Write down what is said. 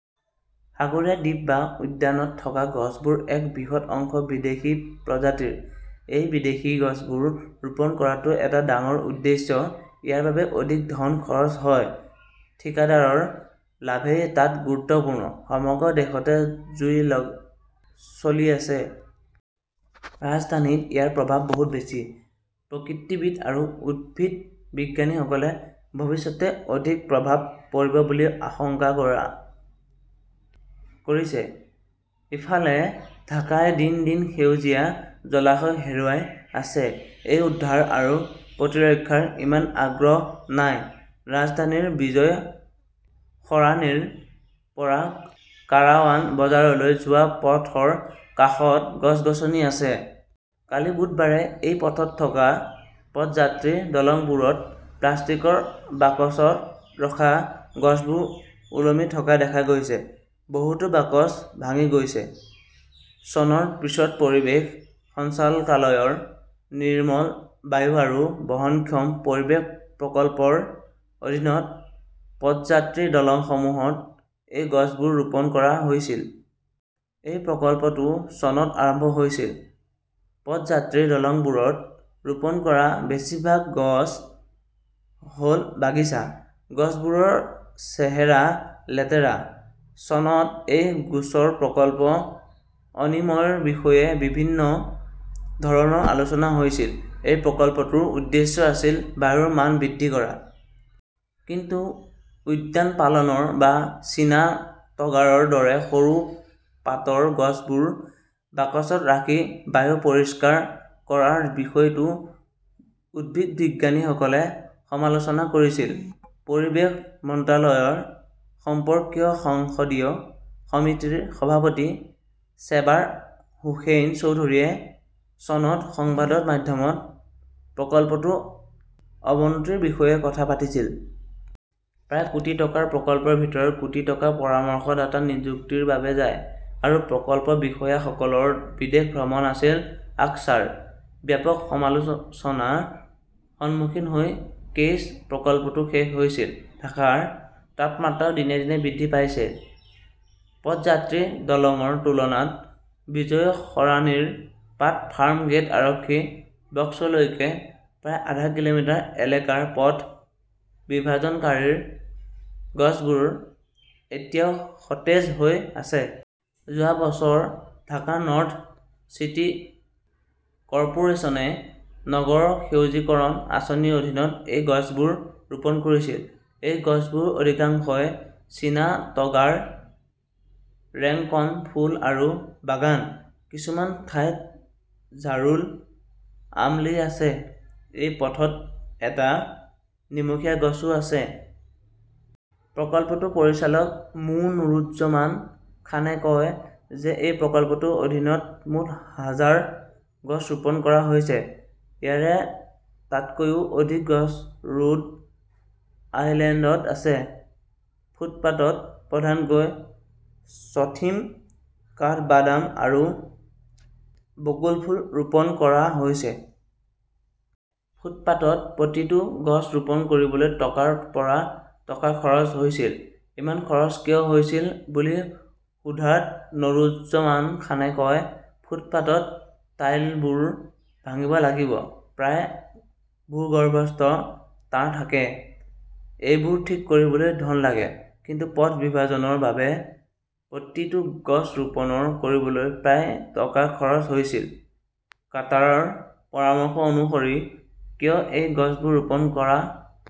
সাগৰীয় দ্বীপ বা উদ্যানত থকা গছবোৰৰ এক বৃহৎ অংশ বিদেশী প্ৰজাতিৰ। এই বিদেশী গছবোৰ ৰোপণ কৰাটো এটা ডাঙৰ উদ্দেশ্য, ইয়াৰ বাবে অধিক ধন খৰচ হয়। ঠিকাদাৰৰ লাভই তাত গুৰুত্বপূৰ্ণ। সমগ্ৰ দেশতে জুই চলি আছে। ৰাজধানীত ইয়াৰ প্ৰভাৱ বহু বেছি। প্ৰকৃতিবিদ আৰু উদ্ভিদবিজ্ঞানীসকলে ভৱিষ্যতে অধিক প্ৰভাৱ পৰিব বুলি আশংকা কৰিছে। ইফালে, ঢাকাই দিন-দিন সেউজীয়া, জলাশয় হেৰুৱাই আছে। এই উদ্ধাৰ আৰু প্ৰতিৰক্ষাত ইমান আগ্ৰহ নাই। ৰাজধানীৰ বিজয় সৰাণীৰ পৰা কাৰাৱান বজাৰলৈ যোৱা পথৰ কাষত গছ-গছনি আছে। কালি বুধবাৰে এই পথত থকা পদযাত্ৰী-দলংবোৰত প্লাষ্টিকৰ বাকচত ৰখা গছবোৰ ওলমি থকা দেখা গৈছিল। বহুতো বাকচ ভাঙি গৈছে। চনৰ পিছত পৰিৱেশ সঞ্চালকালয়ৰ 'নিৰ্মল বায়ু আৰু বহনক্ষম পৰিৱেশ প্ৰকল্প " ৰ অধীনত পদযাত্ৰী-দলংসমূহত এই গছবোৰ ৰোপণ কৰা হৈছিল। এই প্ৰকল্পটো চনত আৰম্ভ হৈছিল। পদযাত্ৰী-দলংবোৰত ৰোপণ কৰা বেছিভাগ গছ হ 'ল বাগিচা। গছবোৰৰ চেহেৰা লেতেৰা। চনত এই গোচৰ প্ৰকল্পৰ অনিয়মৰ বিষয়ে বিভিন্ন ধৰণৰ আলোচনা হৈছিল। এই প্ৰকল্পটোৰ উদ্দেশ্য আছিল বায়ুৰ মান বৃদ্ধি কৰা। কিন্তু উদ্যানপালন বা চীনা টগাৰৰ দৰে সৰু পাতৰ গছবোৰ বাকচত ৰাখি বায়ু পৰিষ্কাৰ কৰাৰ বিষয়টো উদ্ভিদবিজ্ঞানীসকলে সমালোচনা কৰিছিল। পৰিৱেশ মন্ত্ৰালয় সম্পৰ্কীয় সংসদীয় সমিতিৰ সভাপতি চেবাৰ হোসেন চৌধুৰীয়ে চনত সংবাদ মাধ্যমত প্ৰকল্পটোৰ অৱনতিৰ বিষয়ে কথা পাতিছিল। প্ৰায় কোটি টকাৰ প্ৰকল্পৰ ভিতৰত কোটি টকা পৰামৰ্শদাতা নিযুক্তিৰ বাবে যায়। আৰু প্ৰকল্প বিষয়াসকলৰ বিদেশ ভ্ৰমণ আছিল আকছাৰ। ব্যাপক সমালোচনাৰ সন্মুখীন হৈ কেইছ প্ৰকল্পটো শেষ হৈছিল। ঢাকাৰ তাপমাত্ৰাও দিনে দিনে বৃদ্ধি পাইছে। পদযাত্ৰী-দলংৰ তুলনাত বিজয় সৰাণীৰ পৰা ফাৰ্মগেট আৰক্ষী বক্সলৈকে প্ৰায় আধা কিলোমিটাৰ এলেকাৰ পথ বিভাজনকাৰী গছবোৰ এতিয়াও সতেজ হৈ আছে। যোৱা বছৰ ঢাকা নৰ্থ চিটি কৰ্পোৰেচনে 'নগৰ সেউজকৰণ "আঁচনিৰ অধীনত এই গছবোৰ ৰোপণ কৰিছিল। এই গছবোৰৰ অধিকাংশই চীনা টগাৰ, ৰেংকন ফুল আৰু বাগান। কিছুমান ঠাইত জাৰুল, আমলী আছে। এই পথত এটা নিমখীয়া গছও আছে। প্ৰকল্পটোৰ পৰিচালক মো. নুৰুজ্জমান খানে কয় যে এই প্ৰকল্পৰ অধীনত মুঠ হাজাৰ গছ ৰোপণ কৰা হৈছে। ইয়াৰে তকৈও অধিক গছ ৰোড আইলেণ্ডত আছে। ফুটপাতত প্ৰধানকৈ চথিম, কাঠবাদাম আৰু বকুল ফুল ৰোপণ কৰা হৈছে। ফুটপাতত প্ৰতিটো গছ ৰোপণ কৰিবলৈ টকাৰ পৰা টকা খৰচ হৈছিল। ইমান খৰচ কিয় হৈছিল বুলি সোধাত নুৰুজ্জমান খানে কয়, "ফুটপাতত টাইলবোৰ ভাঙিব লাগিব। প্ৰায়ে ভূগৰ্ভস্থ তাঁৰ থাকে। এইবোৰ ঠিক কৰিবলৈও ধন লাগে। "কিন্তু পথ বিভাজনৰ বাবে প্ৰতিটো গছ ৰোপণ কৰিবলৈ প্ৰায় টকা খৰচ হৈছিল। কাটাৰৰ পৰামৰ্শ অনুসৰি কিয় এই গছবোৰ ৰোপণ কৰা